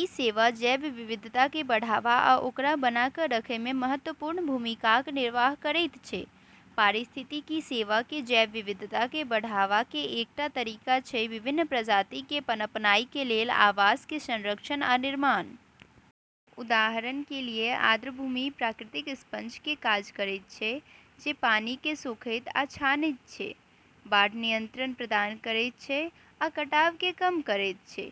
ई सेवा जैव विविधता के बढ़ावा आ ओकरा बना क' रखयमे महत्वपूर्ण भूमिकाक निर्वाह करैत छै। पारिस्थितिकी सेवा के जैव विविधता के बढ़ावा के एकटा तरीका छै विभिन्न प्रजाति के पनपनाय के लेल आवास के संरक्षण आ निर्माण। उदाहरण के लिए आर्द्रभूमि प्राकृतिक स्पंज के काज करैत छै, जे पानी के सोखैत आ छानैत छै, बाढ़ नियंत्रण प्रदान करैत छै, आ कटाव के कम करैत छै।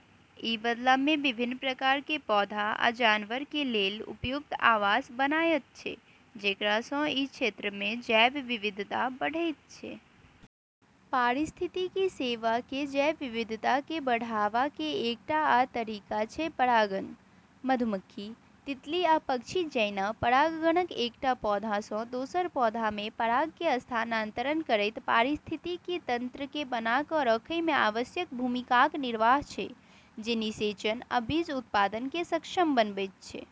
ई बदला में विभिन्न प्रकार के पौधा आ जानवर के लेल उपयुक्त आवास बनायत छै, जेकरा सँ ई क्षेत्र में जैव विविधता बढ़ैत छै। पारिस्थितिकी सेवा के जैव विविधता के बढ़ावा के एकटा आ तरीका छै परागण। मधुमक्खी, तितली आ पक्षी जैना परागणक एकटा पौधा सँ दोसर पौधा में पराग के स्थानांतरण करैत पारिस्थितिकी तंत्र के बना क' रखयमे आवश्यक भूमिकाक निर्वाह छै, जे निषेचन आ बीज उत्पादन के सक्षम बनबैत छै।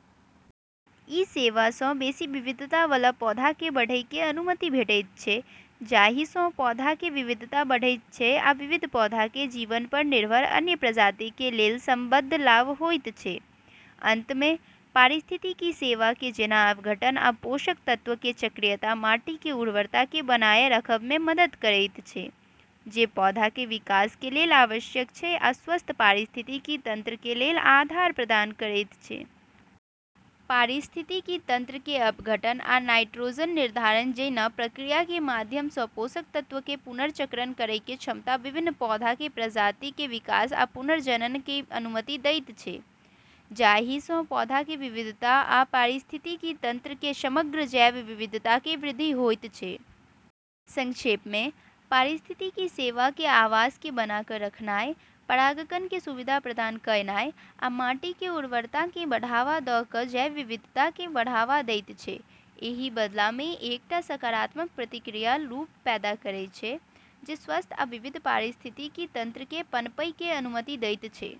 ई सेवा सँ बेसि विविधतावला पौधाके बढ़य के अनुमति भेटैत छै, जाहिसँ पौधा के विविधता बढ़ैत छै आ विविध पौधा के जीवन पर निर्भर अन्य प्रजाति के लेल संबद्ध लाभ होइत छै। अंत में, पारिस्थितिकी सेवा के जेना अपघटन आ पोषक तत्व के चक्रीयता माटि के उर्वरता के बनाए रखब में मदद करैत छै, जे पौधा के विकास के लेल आवश्यक छै आ स्वस्थ पारिस्थितिकी तंत्र के लेल आधार प्रदान करैत छै। पारिस्थितिकी तंत्र के अपघटन आ नाइट्रोजन निर्धारण जैना प्रक्रिया के माध्यम सँ पोषक तत्व के पुनर्चक्रण करय के क्षमता विभिन्न पौधा के प्रजाति के विकास आ पुनर्जनन के अनुमति दैत छै, जाहिसँ पौधा के विविधता आ पारिस्थितिकी तंत्र के समग्र जैव विविधता में वृद्धि होइत छै। संक्षेप में, पारिस्थितिकी सेवा के आवास के बना क' रखनाय, परागण के सुविधा प्रदान कयनाय, आ माटि के उर्वरताकेँ बढ़ावा दऽ कऽ जैव विविधताकेँ बढ़ावा दैत छै। एहि बदलामे एकटा सकारात्मक प्रतिक्रिया लूप पैदा करैत छै, जे स्वस्थ आ विविध पारिस्थितिकी तंत्र के पनपयके अनुमति दैत छै।